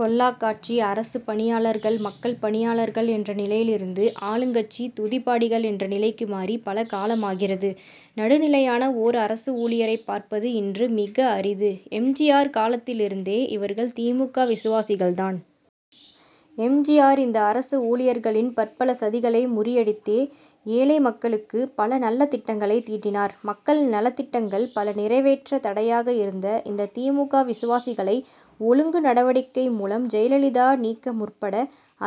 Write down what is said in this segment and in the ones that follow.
கொள்ளாக் காட்சி. அரசுப் பணியாளர்கள், மக்கள் பணியாளர்கள் என்ற நிலையிலிருந்து, ஆளுங்கட்சி துதிபாடிகள் என்ற நிலைக்கு மாறி, பல காலமாகிறது. நடுநிலையான ஓர் அரசு ஊழியரைப் பார்ப்பது, இன்று மிக அரிது. எம். ஜி. ஆர். காலத்திலிருந்தே, இவர்கள் தி. மு. க., விசுவாசிகள் தான். எம். ஜி. ஆர்.இந்த அரசு ஊழியர்களின் பற்பல சதிகளை முறியடித்தே, ஏழை மக்களுக்கு பல நல்ல திட்டங்களை தீட்டினார். மக்கள் நலத்திட்டங்கள் பல நிறைவேற்ற தடையாக இருந்த இந்த தி. மு. க. விசுவாசிகளை, ஒழுங்கு நடவடிக்கை மூலம் ஜெயலலிதா நீக்க முற்பட,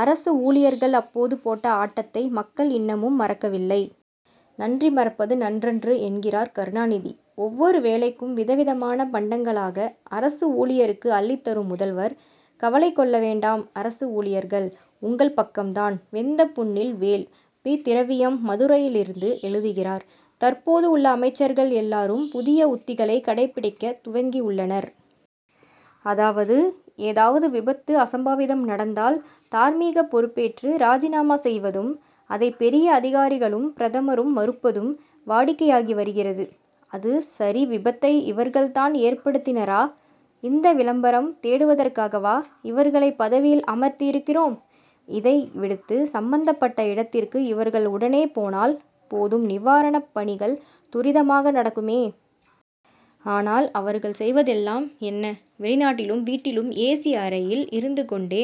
அரசு ஊழியர்கள் அப்போது போட்ட ஆட்டத்தை, மக்கள் இன்னமும் மறக்கவில்லை. நன்றி மறப்பது நன்றன்று' என்கிறார் கருணாநிதி. ஒவ்வொரு வேளைக்கும் விதவிதமான பண்டங்களாக அரசு ஊழியருக்கு அள்ளித் தரும் முதல்வர், கவலை கொள்ள வேண்டாம்அரசு ஊழியர்கள், உங்கள் பக்கம் தான். வெந்த புண்ணில் வேல்! பி. திரவியம், மதுரையிலிருந்து எழுதுகிறார் தற்போது உள்ள அமைச்சர்கள் எல்லாரும், புதிய உத்திகளை கடைபிடிக்கத் துவங்கியுள்ளனர். அதாவது, ஏதாவது விபத்து, அசம்பாவிதம் நடந்தால், தார்மீக பொறுப்பேற்று ராஜினாமா செய்வதும், அதை பெரிய அதிகாரிகளும், பிரதமரும் மறுப்பதும், வாடிக்கையாகி வருகிறது. அது சரிவிபத்தை இவர்கள் தான் ஏற்படுத்தினரா? இந்த விளம்பரம் தேடுவதற்காகவா, இவர்களை பதவியில் அமர்த்தியிருக்கிறோம். இதை விடுத்து, சம்பந்தப் பட்ட இடத்திற்கு இவர்கள் உடனே போனால் போதும்நிவாரணப் பணிகள் துரிதமாக நடக்குமே. ஆனால், அவர்கள் செய் வதெல்லாம் என்ன? வெளிநாட்டிலும், வீட்டிலும், ஏசி அறையில் இருந்து கொண் டே,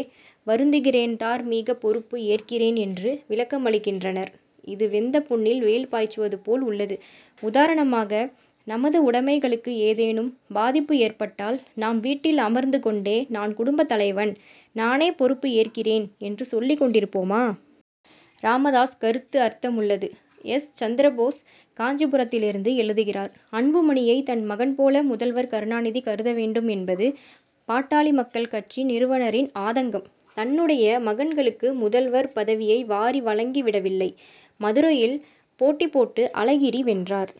வருந்துகிறேன்தார் மீக பொறுப்பு ஏற்கிறேன்' என்று விளக்கமளிக்கின்றனர். இது வெந்த புண்ணில் வேல் பாய்ச்சுவது போல் உள்ளது. உதாரணமாக, நமது உடைமைகளுக்கு ஏதேனும் பாதிப்பு ஏற்பட்டால், நாம் வீட்டில் அமர்ந்து கொண்டே, நான் குடும்பத் தலைவன்; நானே பொறுப்பு ஏற்கிறேன் என்று சொல்லிக் கொண்டிருப்போமா? ராமதாஸ் கருத்து அர்த்தமுள்ளது எஸ். சந்திரபோஸ், காஞ்சிபுரத்திலிருந்து எழுதுகிறார் அன்புமணியை தன் மகன் போல முதல்வர் கருணாநிதி கருத வேண்டும் என்பது, பாட்டாளி மக்கள் கட்சி நிறுவனரின் ஆதங்கம். தன்னுடைய மகன்களுக்கு முதல்வர், பதவியை வாரி வழங்கி விடவில்லை. மதுரையில் போட்டி போட்டு அழகிரி வென்றார்.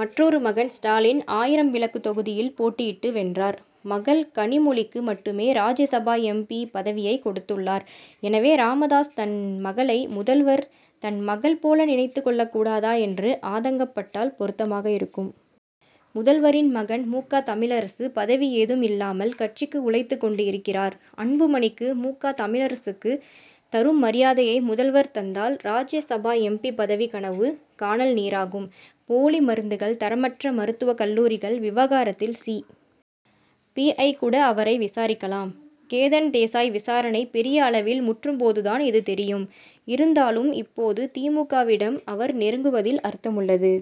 மற்றொரு மகன் ஸ்டாலின், ஆயிரம் விளக்கு தொகுதியில் போட்டியிட்டு வென்றார். மகள் கனிமொழிக்கு மட்டுமே ராஜ்யசபா எம். பி., பதவியை கொடுத் துள்ளார். எனவே, ராமதாஸ், தன் மகளை, முதல்வர் தன் மகள் போல நினைத்துக் கொள்ளக் கூடாதா என்று, ஆதங்கப் பட்டால் பொருத்தமாக இருக்கும். முதல்வரின் மகன் மு. க. தமிழரசு, பதவி ஏதும் இல்லாமல், கட்சிக்கு உழைத் துக் கொண்டு இருக்கிறார். அன்புமணிக்கு, மு. க. தமிழரசுக்கு தரும் மரியாதையை முதல்வர் தந்தால், ராஜ்யசபா எம். பி., பதவி கனவு, கானல் நீராகும். போலி மருந்துகள், தரமற்ற மருத்துவக் கல்லூரிகள் விவகாரத்தில், சி. பி. ஐ., கூட அவரை விசாரிக்கலாம். கேதன் தேசாய் விசாரணை பெரிய அளவில் முற்றும் போதுதான் இது தெரியும். இருந்தாலும், இப்போது தி. மு. க., விடம் அவர் நெருங் குவதில் அர்த்தமுள்ளது.